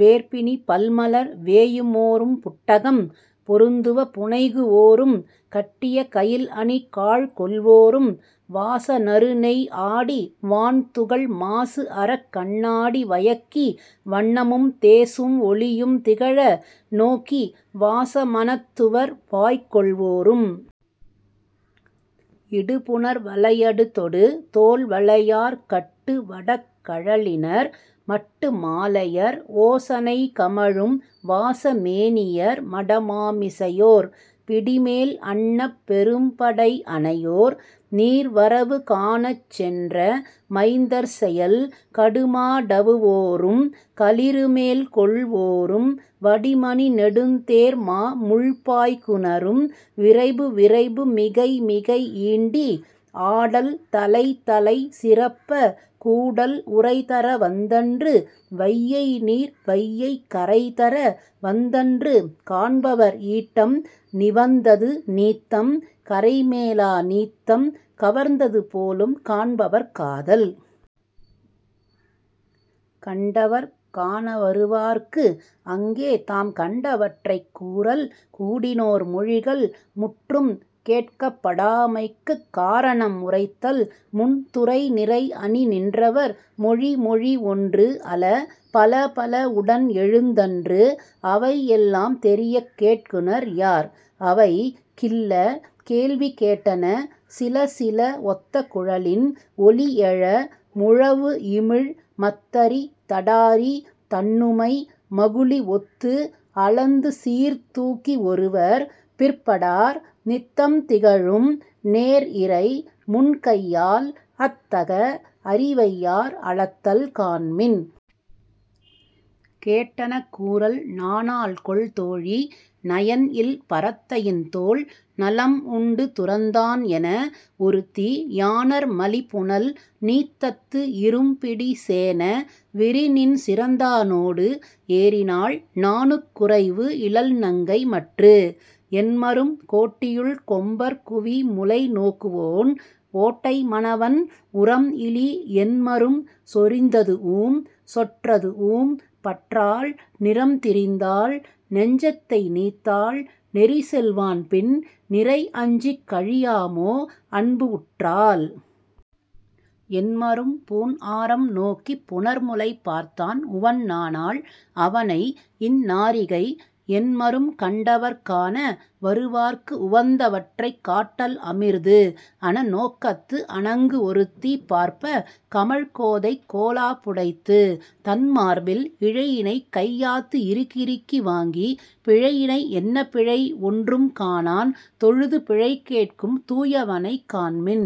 வேர் பிணி பல் மலர் வேயுமோரும் புட்டகம் பொருந்துவ புனைகுவோரும் கட்டிய கயில் அணி காழ் கொள்வோரும் வாச நறு நெய் ஆடி வான் துகள் மாசு அறக் கண்ணாடி வயக்கி வண்ணமும் தேசும் ஒளியும் திகழ நோக்கி வாச மணத் துவர் வாய்க் கொள்வோரும் இடு புணர் வளையடு தொடு தோள்வளையார் கட்டு வடக் கழலினர் மட்டு மாலையர் ஓசனை கமழும் வாச மேனியர் மட மா மிசையோர் பிடிமேல் அன்னப் பெரும் படை அனையோர் நீர் வரவு காணச் சென்ற மைந்தர் செயல் கடு மா டவுவோரும், களிறுமேல் கொள்வோரும் வடி மணி நெடுந் தேர் மா முள் பாய்க்குநரும் விரைபு விரைபு மிகை மிகை ஈண்டி, ஆடல் தலைத்தலை சிறப்ப கூடல் உரைதர வந்தன்று வையை நீர் வையைக் கரை தர வந்தன்று காண்பவர் ஈட்டம் நிவந்தது நீத்தம் கரைமேலா நீத்தம் கவர்ந்தது போலும் காண்பவர் காதல். கண்டவர் காணவருவார்க்கு அங்கே தாம் கண்டவற்றைக் கூறல் கூடினோர் மொழிகள் முற்றும் கேட்கப்படாமைக்குக் காரணம் உரைத்தல் முன் துறை நிறை அணி நின்றவர் மொழி மொழி ஒன்று அல பலபல உடன் எழுந்தன்று அவை எல்லாம் தெரியக் கேட்குநர் யார்? அவை கில்ல கேள்வி கேட்டன சிலசில ஒத்த குழலின் ஒலி எழ முழவு இமிழ் மத்தரி தடாரி தண்ணுமை மகுளி ஒத்து அளந்து சீர் தூக்கி ஒருவர் பிற்படார் நித்தம் திகழும் நேர் இறை முன்கையால் அத் தக அரிவையார் அளத்தல் காண்மின். கேட்டன கூறல் நாணாள்கொல் தோழி நயன் இல் பரத்தையின் தோள் நலம் உண்டு துறந்தான் என ஒருத்தி யாணர் மலி புனல் நீத்தத்து இரும் பிடி சேண வெரிநின் சிறந்தானோடு ஏறினாள் நாணுக் குறைவு இலள் நங்கை மற்று? என்மரும் கோட்டியுள் கொம்பர் குவி முலை நோக்குவோன் ஓட்டை மனவன் உரம் இலி என்மரும் சொறிந்ததூஉம் சொற்றதூஉம் பற்றாள் நிறம் திரிந்தாள் நெஞ்சத்தை நீத்தாள் நெறி செல்வான் பின் நிறை அஞ்சிக் கழியாமோ அன்பு உற்றால்? என்மரும் பூண் ஆரம் நோக்கிப் புணர் முலை பார்த்தான் உவன் நாணாள் அவனை இந் நாரிகை என்மரும் கண்டவர் காண வருவார்க்கு உவந்தவற்றைக் காட்டல் அமிர்து அன நோக்கத்து அணங்கு ஒருத்தி பார்ப்ப, கமழ் கோதை கோலாப் புடைத்து, தன் மார்பில் இழையினைக் கை யாத்து இறுகிறுக்கி வாங்கி பிழையினை என்ன பிழை ஒன்றும் காணான் தொழுது பிழை கேட்கும் தூயவனைக் காண்மின்.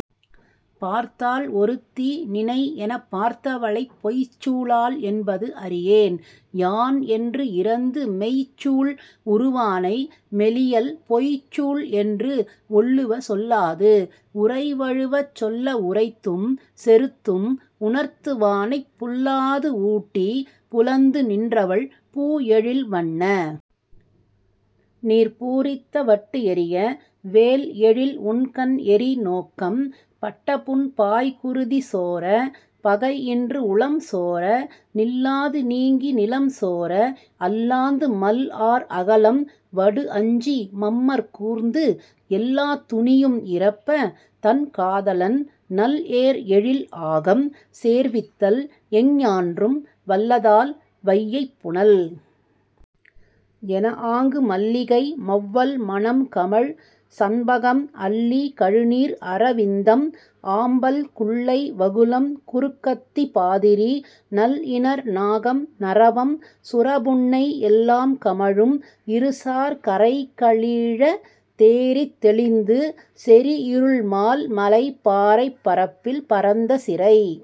பார்த்தாள் ஒருத்தி நினை எனபார்த்தவளைப் பொய்ச் சூளாள் என்பது அறியேன் யான் என்று இரந்து மெய்ச் சூள் உறுவானை மெலியல் பொய்ச் சூள் என்று ஒல்லுவ சொல்லாது, உரை வழுவச் சொல்ல உறைத்தும் செறுத்தும் உணர்த்துவானைப் புல்லாது ஊடிப் புலந்து நின்றவள் பூ எழில் வண்ண நீர் பூரித்த வட்டு எறிய, வேல் எழில் உண்கண் எறி நோக்கம் பட்ட புண் பாய் குருதி சோர, பகை இன்று உளம் சோர, நில்லாது நீங்கி நிலம் சோர அல்லாந்து மல் ஆர் அகலம் வடு அஞ்சி, மம்மர் கூர்ந்து, எல்லாத் துனியும் இறப்ப, தன் காதலன் நல் ஏர் எழில் ஆகம் சேர்வித்தல் எஞ்ஞான்றும் வல்லதால் வையைப் புனல். என ஆங்கு மல்லிகை மௌவல் மணம் கமழ் சண்பகம் அல்லி கழுநீர் அரவிந்தம் ஆம்பல் குல்லை வகுளம் குருக்கத்தி பாதிரி நல் இணர் நாகம் நறவம் சுரபுன்னை எல்லாம் கமழும் இரு சார் கரை கலிழ தேறித் தெளிந்து செறி இருள் மால் மலை பாறைப் பரப்பில் பரந்த சிறை